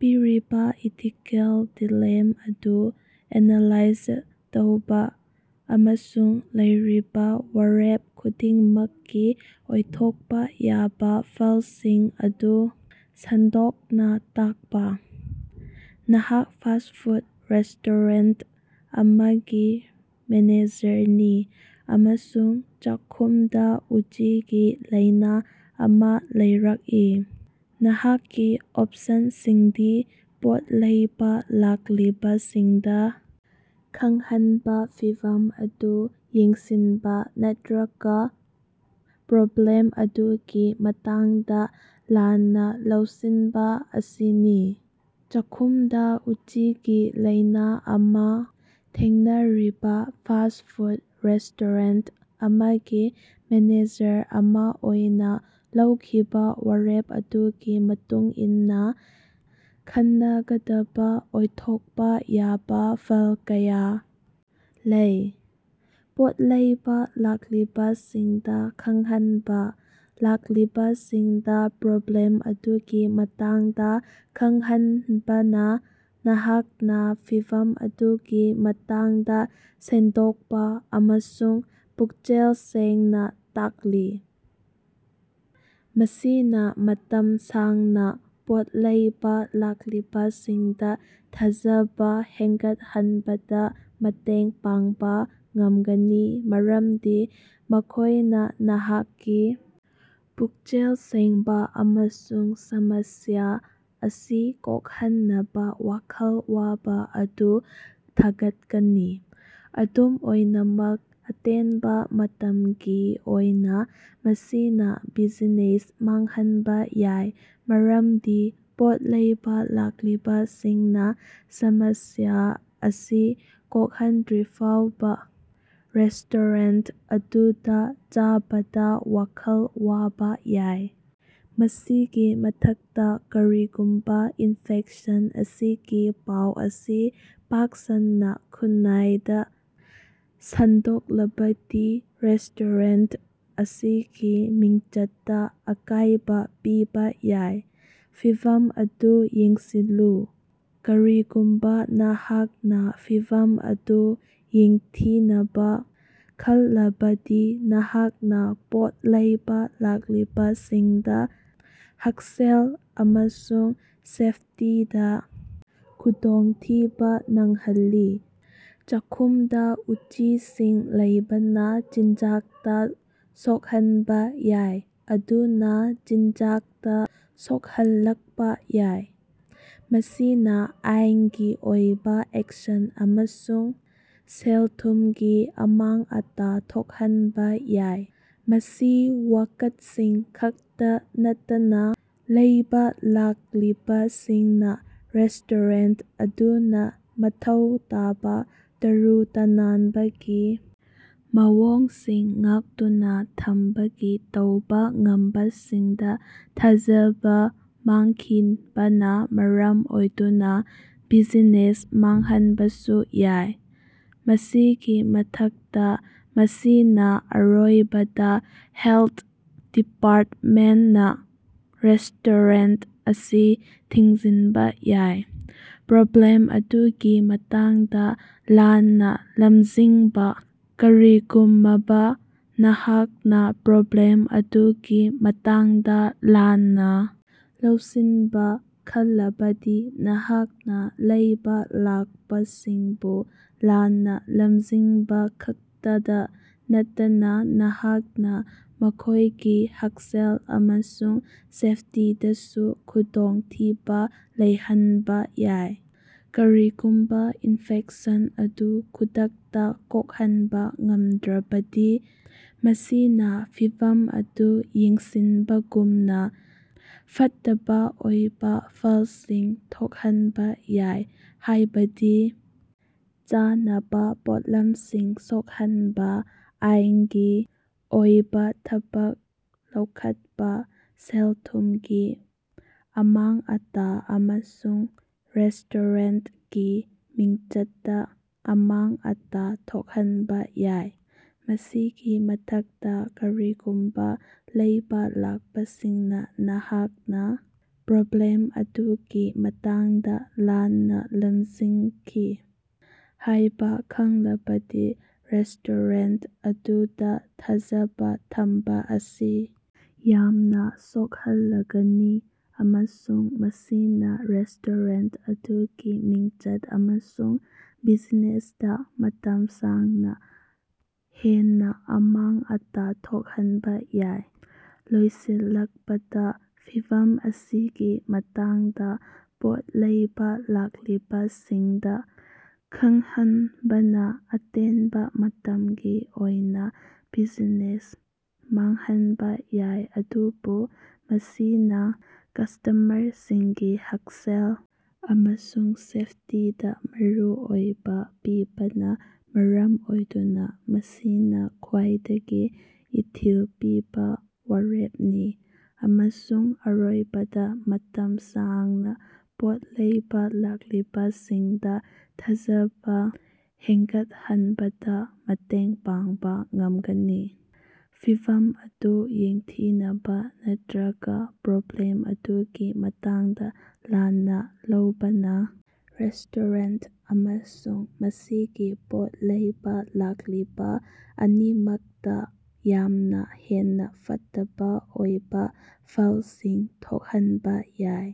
ꯄꯤꯔꯤꯕꯥ ethical dilemma ꯑꯗꯨ analyse ꯇꯧꯕ ꯑꯃꯁꯨꯡ ꯂꯩꯔꯤꯕꯥ ꯋꯥꯔꯦꯞ ꯈꯨꯗꯤꯡꯃꯛꯀꯤ ꯑꯣꯏꯊꯣꯛꯄ ꯌꯥꯕ ꯐꯜꯁꯤꯡ ꯑꯗꯨ ꯁꯟꯗꯣꯛꯅ ꯇꯥꯛꯄ꯫ ꯅꯍꯥꯛ ꯐꯥꯁ꯭ꯠ ꯐꯨꯗ ꯔꯦꯁꯇꯣꯔꯦꯟꯇ ꯑꯃꯒꯤ ꯃꯦꯅꯦꯖꯔꯅꯤ ꯑꯃꯁꯨꯡ ꯆꯥꯛꯈꯨꯝꯗ ꯎꯆꯤꯒꯤ ꯂꯥꯏꯅ ꯑꯃ ꯂꯩꯔꯛꯏ꯫ ꯅꯍꯥꯛꯀꯤ ꯑꯣꯞꯁꯟꯁꯤꯡꯗꯤ ꯄꯣꯠ ꯂꯩꯕ ꯂꯥꯛꯂꯤꯕꯁꯤꯡꯗ ꯈꯪꯍꯟꯕ ꯐꯤꯚꯝ ꯑꯗꯨ ꯌꯦꯡꯁꯤꯟꯕ ꯅꯠꯇ꯭ꯔꯒ ꯄ꯭ꯔꯣꯕ꯭ꯂꯦꯝ ꯑꯗꯨꯒꯤ ꯃꯇꯥꯡꯗ ꯂꯥꯟꯅ ꯂꯧꯁꯤꯟꯕ ꯑꯁꯤꯅꯤ꯫ ꯆꯥꯈꯨꯝꯗ ꯎꯆꯤꯒꯤ ꯂꯥꯏꯅ ꯑꯃꯥ ꯊꯦꯡꯅꯔꯤꯕꯥ ꯐꯥꯁ꯭ꯠ ꯐꯨꯗ ꯔꯦꯁꯇꯣꯔꯦꯟꯇ ꯑꯃꯒꯤ ꯃꯦꯅꯦꯖꯔ ꯑꯃ ꯑꯣꯏꯅ ꯂꯧꯈꯤꯕ ꯋꯥꯔꯦꯞ ꯑꯗꯨꯒꯤ ꯃꯇꯨꯡ ꯏꯟꯅ ꯈꯟꯅꯒꯗꯕ ꯑꯣꯏꯊꯣꯛꯄ ꯌꯥꯕ ꯐꯜ ꯀꯌꯥ ꯂꯩ꯫ ꯄꯣꯠ ꯂꯩꯕ ꯂꯥꯛꯂꯤꯕꯁꯤꯡꯗ ꯈꯪꯍꯟꯕ ꯂꯥꯛꯂꯤꯕꯁꯤꯡꯗ ꯄ꯭ꯔꯣꯕ꯭ꯂꯦꯝ ꯑꯗꯨꯒꯤ ꯃꯇꯥꯡꯗ ꯈꯪꯍꯟꯕꯅ ꯅꯍꯥꯛꯅ ꯐꯤꯚꯝ ꯑꯗꯨꯒꯤ ꯃꯇꯥꯡꯗ ꯁꯦꯡꯗꯣꯛꯄ ꯑꯃꯁꯨꯡ ꯄꯨꯛꯆꯦꯜ ꯁꯦꯡꯅ ꯇꯥꯛꯂꯤ꯫ ꯃꯁꯤꯅ ꯃꯇꯝ ꯁꯥꯡꯅ ꯄꯣꯠ ꯂꯩꯕ ꯂꯥꯛꯂꯤꯕꯁꯤꯡꯗ ꯊꯥꯖꯕ ꯍꯦꯟꯒꯠꯍꯟꯕꯗ ꯃꯇꯦꯡ ꯄꯥꯡꯕ ꯉꯝꯒꯅꯤ ꯃꯔꯝꯗꯤ ꯃꯈꯣꯢꯅ ꯅꯍꯥꯛꯀꯤ ꯄꯨꯛꯆꯦꯜ ꯁꯦꯡꯕ ꯑꯃꯁꯨꯡ ꯁꯃꯁ꯭ꯌꯥ ꯑꯁꯤ ꯀꯣꯛꯍꯟꯅꯕ ꯋꯥꯈꯜ ꯋꯥꯕ ꯑꯗꯨ ꯊꯥꯒꯠꯀꯅꯤ꯫ ꯑꯗꯨꯝ ꯑꯣꯏꯅꯃꯛ ꯑꯇꯦꯟꯕ ꯃꯇꯝꯒꯤ ꯑꯣꯏꯅ ꯃꯁꯤꯅ ꯕꯤꯖꯤꯅꯦꯁ ꯃꯥꯡꯍꯟꯕ ꯌꯥꯏ ꯃꯔꯝꯗꯤ ꯄꯣꯠ ꯂꯩꯕ ꯂꯥꯛꯂꯤꯕ ꯁꯤꯡꯅ ꯁꯃꯁ꯭ꯌꯥ ꯑꯁꯤ ꯀꯣꯛꯍꯟꯗ꯭ꯔꯤꯐꯥꯎꯕ ꯔꯦꯁꯇꯣꯔꯦꯟꯇ ꯑꯗꯨꯗ ꯆꯥꯕꯗ ꯋꯥꯈꯜ ꯋꯥꯕꯥ ꯌꯥꯏ꯫ ꯃꯁꯤꯒꯤ ꯃꯊꯛꯇ ꯀꯔꯤꯒꯨꯝꯕ ꯏꯟꯐꯦꯛꯁꯟ ꯑꯁꯤꯒꯤ ꯄꯥꯎ ꯑꯁꯤ ꯄꯥꯛ ꯁꯟꯅ ꯈꯨꯟꯅꯥꯏꯗ ꯁꯟꯗꯣꯛꯂꯕꯗꯤ ꯔꯦꯁꯇꯣꯔꯦꯟꯇ ꯑꯁꯤꯒꯤ ꯃꯤꯡꯆꯠꯇ ꯑꯀꯥꯢꯕ ꯄꯤꯕꯥ ꯌꯥꯏ꯫ ꯐꯤꯚꯝ ꯑꯗꯨ ꯌꯦꯡꯁꯤꯜꯂꯨ ꯀꯔꯤꯒꯨꯝꯕ ꯅꯍꯥꯛꯅ ꯐꯤꯚꯝ ꯑꯗꯨ ꯌꯦꯡꯊꯤꯅꯕ ꯈꯜꯂꯕꯗꯤ ꯅꯍꯥꯛꯅ ꯄꯣꯠ ꯂꯩꯕ ꯂꯥꯛꯂꯤꯕꯁꯤꯡꯗ ꯍꯛꯁꯦꯜ ꯑꯃꯁꯨꯡ ꯁꯦꯐꯇꯤꯗ ꯈꯨꯗꯣꯡꯊꯤꯕ ꯅꯪꯍꯜꯂꯤ꯫ ꯆꯥꯈꯨꯝꯗ ꯎꯆꯤꯁꯤꯡ ꯂꯩꯕꯅ ꯆꯤꯟꯖꯥꯛꯇꯥ ꯁꯣꯛꯍꯟꯕ ꯌꯥꯏ ꯃꯗꯨꯅ ꯆꯤꯟꯖꯥꯛꯇ ꯁꯣꯛꯍꯜꯂꯛꯄ ꯌꯥꯏ꯫ ꯃꯁꯤꯅꯥ ꯑꯥꯏꯟꯒꯤ ꯑꯣꯏꯕ ꯑꯦꯛꯁꯟ ꯑꯃꯁꯨꯡ ꯁꯦꯜ-ꯊꯨꯝꯒꯤ ꯑꯃꯥꯡ-ꯑꯇꯥ ꯊꯣꯛꯍꯟꯕ ꯌꯥꯏ ꯃꯁꯤ ꯋꯥꯀꯠꯁꯤꯡ ꯈꯛꯇ ꯅꯠꯇꯅ ꯂꯩꯕ ꯂꯥꯛꯂꯤꯕꯁꯤꯡꯅ ꯔꯦꯁꯇꯣꯔꯦꯟꯇ ꯑꯗꯨꯅ ꯃꯊꯧ ꯇꯥꯕ ꯇꯔꯨ ꯇꯅꯥꯟꯕꯒꯤ ꯃꯑꯣꯡꯁꯤꯡ ꯉꯥꯛꯇꯨꯅ ꯊꯝꯕꯒꯤ ꯇꯧꯕ ꯉꯝꯕꯁꯤꯡꯗ ꯊꯥꯖꯕ ꯃꯥꯡꯈꯤꯕꯅ ꯃꯔꯝ ꯑꯣꯏꯗꯨꯅ ꯕꯤꯖꯤꯅꯦꯁ ꯃꯥꯡꯍꯟꯕꯁꯨ ꯌꯥꯏ꯫ ꯃꯁꯤꯒꯤ ꯃꯊꯛꯇ ꯃꯁꯤꯅ ꯑꯔꯣꯏꯕꯗ ꯍꯦꯜꯊ ꯗꯤꯄꯥꯔꯇꯃꯦꯟꯇꯅ ꯔꯦꯁꯇꯣꯔꯦꯟꯇ ꯑꯁꯤ ꯊꯤꯡꯖꯤꯟꯕ ꯌꯥꯏ꯫ ꯄ꯭ꯔꯣꯕ꯭ꯂꯦꯝ ꯑꯗꯨꯒꯤ ꯃꯇꯥꯡꯗ ꯂꯥꯟꯅ ꯂꯝꯖꯤꯡꯕ ꯀꯔꯤꯒꯨꯃꯕ ꯅꯍꯥꯛꯅ ꯄ꯭ꯔꯣꯕ꯭ꯂꯦꯝ ꯑꯗꯨꯒꯤ ꯃꯇꯥꯡꯗ ꯂꯥꯟꯅ ꯂꯧꯁꯤꯟꯕ ꯈꯜꯂꯕꯗꯤ ꯅꯍꯥꯛꯅ ꯂꯩꯕ ꯂꯥꯛꯄꯁꯤꯡꯕꯨ ꯂꯥꯟꯅ ꯂꯝꯖꯤꯡꯕꯈꯛꯇꯗ ꯅꯠꯇꯅ ꯅꯍꯥꯛꯅ ꯃꯈꯣꯢꯒꯤ ꯍꯛꯁꯦꯜ ꯑꯃꯁꯨꯡ ꯁꯦꯐꯇꯤꯗꯁꯨ ꯈꯨꯗꯣꯡ ꯊꯤꯕ ꯂꯩꯍꯟꯕ ꯌꯥꯏ꯫ ꯀꯔꯤꯒꯨꯝꯕ ꯏꯟꯐꯦꯛꯁꯟ ꯑꯗꯨ ꯈꯨꯗꯛꯇ ꯀꯣꯛꯍꯟꯕ ꯉꯝꯗ꯭ꯔꯕꯗꯤ ꯃꯁꯤꯅ ꯐꯤꯚꯝ ꯑꯗꯨ ꯌꯦꯡꯁꯤꯟꯕꯒꯨꯝꯅ ꯐꯠꯇꯕ ꯑꯣꯏꯕ ꯐꯜꯁꯤꯡ ꯊꯣꯛꯍꯟꯕ ꯌꯥꯏ ꯍꯥꯢꯕꯗꯤ ꯆꯥꯅꯕ ꯄꯣꯠꯂꯝꯁꯤꯡ ꯁꯣꯛꯍꯟꯕ ꯑꯥꯏꯟꯒꯤ ꯑꯣꯏꯕ ꯊꯕꯛ ꯂꯧꯈꯠꯄ ꯁꯦꯜ-ꯊꯨꯝꯒꯤ ꯑꯃꯥꯡ-ꯑꯇꯥ ꯑꯃꯁꯨꯡ ꯔꯦꯁꯇꯣꯔꯦꯟꯇꯀꯤ ꯃꯤꯡꯆꯠꯇ ꯑꯃꯥꯡ-ꯑꯇꯥ ꯊꯣꯛꯍꯟꯕ ꯌꯥꯏ꯫ ꯃꯁꯤꯒꯤ ꯃꯊꯛꯇ ꯀꯔꯤꯒꯨꯝꯕ ꯂꯩꯕ ꯂꯥꯛꯄꯁꯤꯡꯅ ꯅꯍꯥꯛꯅ ꯄ꯭ꯔꯣꯕ꯭ꯂꯦꯝ ꯑꯗꯨꯒꯤ ꯃꯇꯥꯡꯗ ꯂꯥꯟꯅ ꯂꯝꯖꯤꯡꯈꯤ ꯍꯥꯢꯕ ꯈꯪꯂꯕꯗꯤ ꯔꯦꯁꯇꯣꯔꯦꯟꯇ ꯑꯗꯨꯗ ꯊꯥꯖꯕ ꯊꯝꯕ ꯑꯁꯤ ꯌꯥꯝꯅ ꯁꯣꯛꯍꯜꯂꯒꯅꯤ ꯑꯃꯁꯨꯡ ꯃꯁꯤꯅ ꯔꯦꯁꯇꯣꯔꯦꯟꯇ ꯑꯗꯨꯒꯤ ꯃꯤꯡꯆꯠ ꯑꯃꯁꯨꯡ ꯕꯤꯖꯤꯅꯦꯁꯇ ꯃꯇꯝ ꯁꯥꯡꯅ ꯍꯦꯟꯅ ꯑꯃꯥꯡ-ꯑꯇꯥ ꯊꯣꯛꯍꯟꯕ ꯌꯥꯏ꯫ ꯂꯣꯏꯁꯤꯜꯂꯛꯄꯗ ꯐꯤꯚꯝ ꯑꯁꯤꯒꯤ ꯃꯇꯥꯡꯗ ꯄꯣꯠ ꯂꯩꯕ ꯂꯥꯛꯂꯤꯕꯁꯤꯡꯗ ꯈꯡꯍꯟꯕꯅ ꯑꯇꯦꯟꯕ ꯃꯇꯝꯒꯤ ꯑꯣꯏꯅ ꯕꯤꯖꯤꯅꯦꯁ ꯃꯥꯡꯍꯟꯕ ꯌꯥꯏ ꯑꯗꯨꯕꯨ ꯃꯁꯤꯅ ꯀꯁꯇꯃꯔꯁꯤꯡꯒꯤ ꯍꯛꯁꯦꯜ ꯑꯃꯁꯨꯡ ꯁꯦꯐꯇꯤꯗ ꯃꯔꯨ ꯑꯣꯏꯕ ꯄꯤꯕꯅ ꯃꯔꯝ ꯑꯣꯏꯗꯨꯅ ꯃꯁꯤꯅ ꯈ꯭ꯋꯥꯏꯗꯒꯤ ꯏꯊꯤꯜ ꯄꯤꯕ ꯋꯥꯔꯦꯞꯅꯤ ꯑꯃꯁꯨꯡ ꯑꯔꯣꯏꯕꯗ ꯃꯇꯝ ꯁꯥꯡꯅ ꯄꯣꯠ ꯂꯩꯕ ꯂꯥꯛꯂꯤꯕꯁꯤꯡꯗ ꯊꯥꯖꯕ ꯍꯦꯟꯒꯠꯍꯟꯕꯗ ꯃꯇꯦꯡ ꯄꯥꯡꯕ ꯉꯝꯒꯅꯤ꯫ ꯐꯤꯚꯝ ꯑꯗꯨ ꯌꯦꯡꯊꯤꯅꯕ ꯅꯠꯇ꯭ꯔꯒ ꯄ꯭ꯔꯣꯕ꯭ꯂꯦꯝ ꯑꯗꯨꯒꯤ ꯃꯇꯥꯡꯗ ꯂꯥꯟꯅ ꯂꯧꯕꯅ ꯔꯦꯁꯇꯣꯔꯦꯟꯇ ꯑꯃꯁꯨꯡ ꯃꯁꯤꯒꯤ ꯄꯣꯠ ꯂꯩꯕ ꯂꯥꯛꯂꯤꯕ ꯑꯅꯤꯃꯛꯇ ꯌꯥꯝꯅ ꯍꯦꯟꯅ ꯐꯠꯇꯕ ꯑꯣꯏꯕ ꯐꯜꯁꯤꯡ ꯊꯣꯛꯍꯟꯕꯥ ꯌꯥꯏ꯫